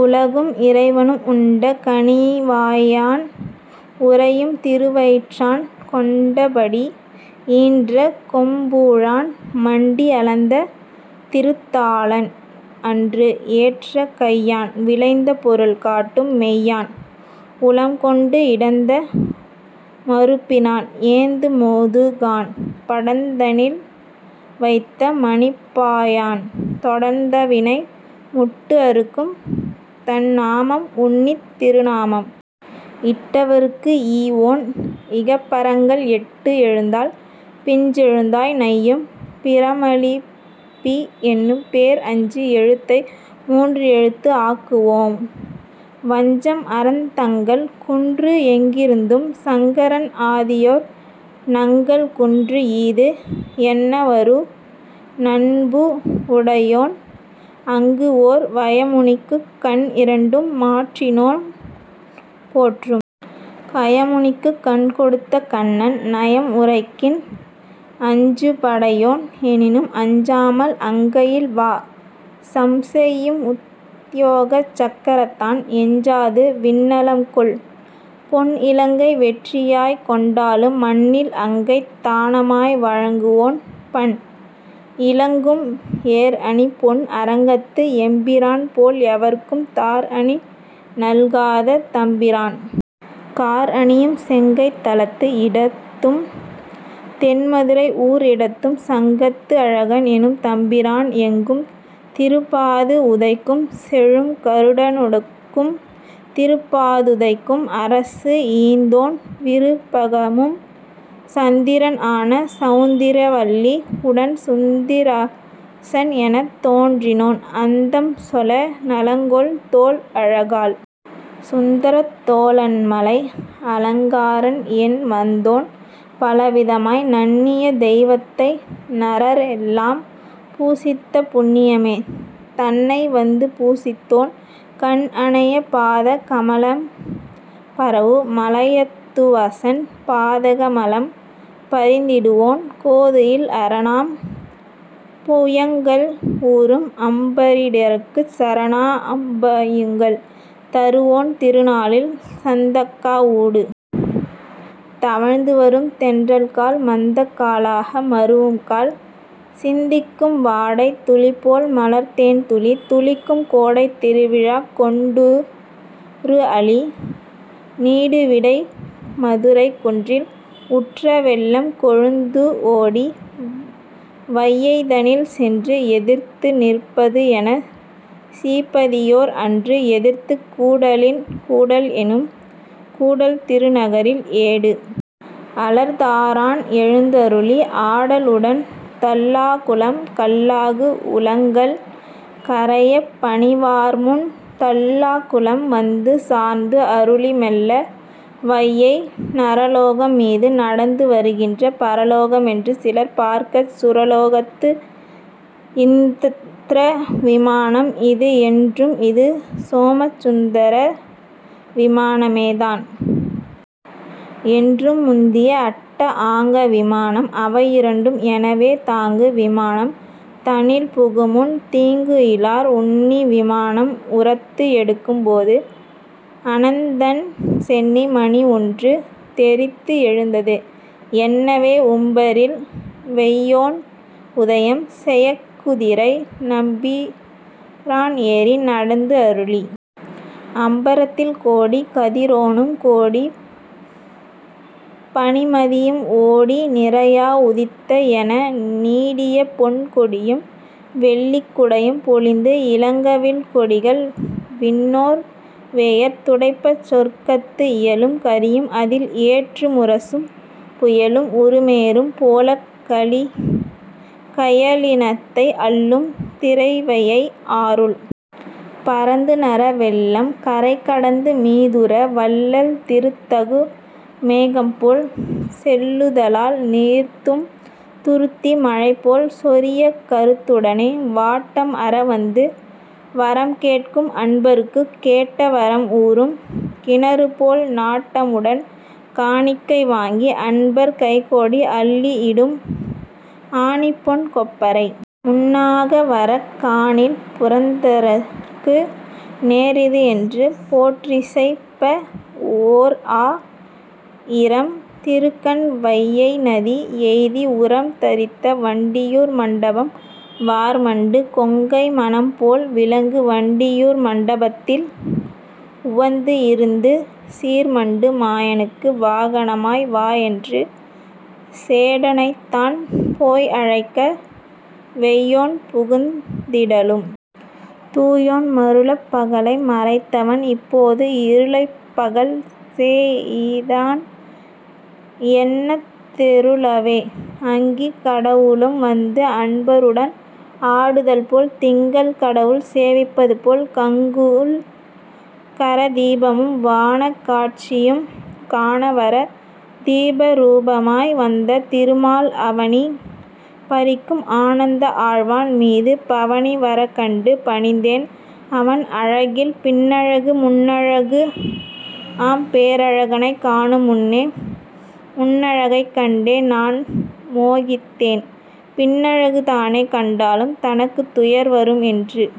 உலகும் இறைவனும் உண்ட கனிவாயான் உறையும் திருவயிற்றான் கொண்டபடி ஈன்ற கொப்பூழான் மண்டி அளந்த திருத்தாளான் அன்று ஏற்ற கையான் விளைந்த பொருள் காட்டும் மெய்யான் உளம்கொண்டு இடந்த மருப்பினான் ஏந்து முதுகான் படந்தனில் வைத்த மணிப்பாயான் தொடர்ந்தவினை முட்டு அறுக்கும் தன்நாமம் உன்னித் திருநாமம் இட்டவருக்கு ஈவோன் இகபரங்கள் எட்டு எழுத்தால் பிஞ்செழுத்தாய் நையும் பிரமலிபி என்னும் பேர் அஞ்சு எழுத்தை மூன்று எழுத்து ஆக்குவோன் வஞ்சம் அறத் தங்கள் குன்று எங்கிருந்தும் சங்கரன் ஆதியோர் நங்கள் குன்று ஈது என்னவரு நண்புஉடையோன் அங்கு ஓர் வயமுனிக்குக் கண்இரண்டும் மாற்றினோன் போற்றும் கயமுனிக்குக் கண்கொடுத்த கண்ணன் நயம் உரைக்கின் அஞ்சுபடையோன் எனினும் அஞ்சாமல் அங்கையில் வா சம்செய்யும் உத்யோகச் சக்கரத்தான் எஞ்சாது விண்நலம்கொள் பொன்இலங்கை வெற்றியாய்க் கொண்டாலும் மண்ணில் அங்கைத் தானமாய் வாங்குவோன் பண் இலங்கும் ஏர்அணி பொன் அரங்கத்து எம்பிரான் போல் எவர்க்கும் தார்அணி நல்காத தம்பிரான் கார் அணியும் செங்கைத் தலத்து இடத்தும் தென்மதுரை ஊர் இடத்தும் சங்கத்து அழகன் எனும் தம்பிரான் எங்கும் திருப்பாது உதைக்கும் செழும் கருடனுக்கும் திருப்பாதுகைக்கும் அரசு ஈந்தோன் விருப்பமுகம் சந்திரன் ஆன சவுந்திரவல்லி உடன் சுந்தரராசன் எனத் தோன்றினோன் அந்தம் சொல நலங்கொள் தோள் அழகால் சுந்தரத் தோளன்மலை அலங்காரன் என் வந்தோன் பலவிதமாய் நண்ணிய தெய்வத்தை நரர்எல்லாம் பூசித்த புண்ணியமே தன்னைவந்து பூசித்தோன் கண் அனைய பாத கமலம் பரவு மலயத்துவசன் பாதக மலம் பறித்திடுவோன் கோதுஇல் அரணாம் புயங்கள் உறும் அம்பரீடற்குச் சரணா அம்புயங்கள் தருவோன் திருநாளில் சந்தக்கா ஊடு தவழ்ந்து வரும் தென்றல்கால் மந்தக் காலாக மருவும்கால் சிந்திக்கும் வாடைத் துளிபோல் மலர்த்தேன்துளி துளிக்கும் கோடைத் திருவிழாக் கொண்டுருஅளி நீடு விடைக் மதுரை குன்றில் உற்ற வெள்ளம் கொழுந்துஓடி வையைதனில் சென்று எதிர்த்து நிற்பதுஎனச் சீபதியோர் அன்று எதிர்த்துக் கூடலின் கூடல்எனும் கூடல் திருநகரில் ஏடு அலர் தாரான் எழுந்துஅருளி ஆடல்உடன் தல்லாகுளம் கல்லாகு உளங்கள் கரையப் பணிவார்முன் தல்லாகுளம் வந்து சார்ந்து அருளி மெல்ல வையை நரலோகம் மீது நடந்து வருகின்ற பரலோகம் என்று சிலர் பார்க்கச் சுரலோகத்து இந்த்ரப விமானம் இது என்றும் இது சோமச் சந்த்ர விமானமே தான் என்றும் முந்திய அட்ட ஆங்க விமானம் அவை இரண்டும் எனவே தாங்கு விமானம் தனில் புகுமுன் தீங்குஇலார் உன்னி விமானம் உரத்து எடுக்கும் போது அனந்தன் சென்னி மணி ஒன்று தெறித்து எழுந்தது என்னவே உம்பரில் வெய்யோன் உதயம் செயக் குதிரை நம்பிரான் ஏறி நடந்துஅருளி அம்பரத்தில் கோடி கதிரோனும் கோடி பனிமதியும் ஓடி நிறையா உதித்த என நீடிய பொன் கொடியும் வெள்ளிக்குடையும் பொலிந்து இலங்க வில் கொடிகள் விண்ணோர் வெயர் துடைப்பச் சொற்கத்து இயலும் கரியும் அதில் எற்று முரசும் புயலும் உருமேறும் போலக் கயலினத்தை அள்ளும் திரைவையை ஆறுள் பரந்து நர வெள்ளம் கரை கடந்து மீதூர வள்ளல் திருத்தகு மேகம்போல் செல்லுதலால் நீர்தூம் துருத்தி மழைபோல் சொரியக் கருத்துடனே வாட்டம் அற வந்து வரம் கேட்கும் அன்பருக்குக் கேட்ட வரம் ஊறும் கிணறுபோல் நாட்டமுடன் காணிக்கை வாங்கி அன்பர் கைகோடி அள்ளிஇடும் ஆணிப்பொன் கொப்பரை முன்னாக வரக் காணில் புரந்தரற்கு நேர்இது என்று போற்றிஇசைப்ப ஓர்ஆ யிரம் திருக்கண் வையைநதி எய்தி உரம் தரித்த வண்டியூர் மண்டபம் வார்மண்டு கொங்கை மனம்போல் விலங்கு வண்டி யூர் மண்டபத்தில் உவந்து இருந்து சீர்மண்டு மாயனுக்கு வாகனமாய் வாஎன்று சேடனைத்தான் போய்அழைக்க வெய்யோன் புகுந்திடலும் தூயோன் மருளப் பகலை மறைத்தவன் இப்போது இருளைப் பகல் செஇதான் என்னத் தெருளவே அங்கிக் கடவுளும் வந்து அன்பருடன் ஆடுதல்போல் திங்கள் கடவுள் சேவிப்பது போல் கங்குல் கரதீபமும் வாணக் காட்சியும் காண வர தீபரூபமாய் வந்த திருமால் அவனி பரிக்கும் அனந்தஆழ்வான் மீது பவனி வரக்கண்டு பணிந்தேன் அவன் அழகில் பின்னழகு முன்னழகுஆம் பேரழகைக் காணும் முன்னே முன்னழகைக் கண்டே நான் மோகித்தேன் பின்னழகு தானே கண்டாலும் தனக்குத் துயர் வரும் என்று।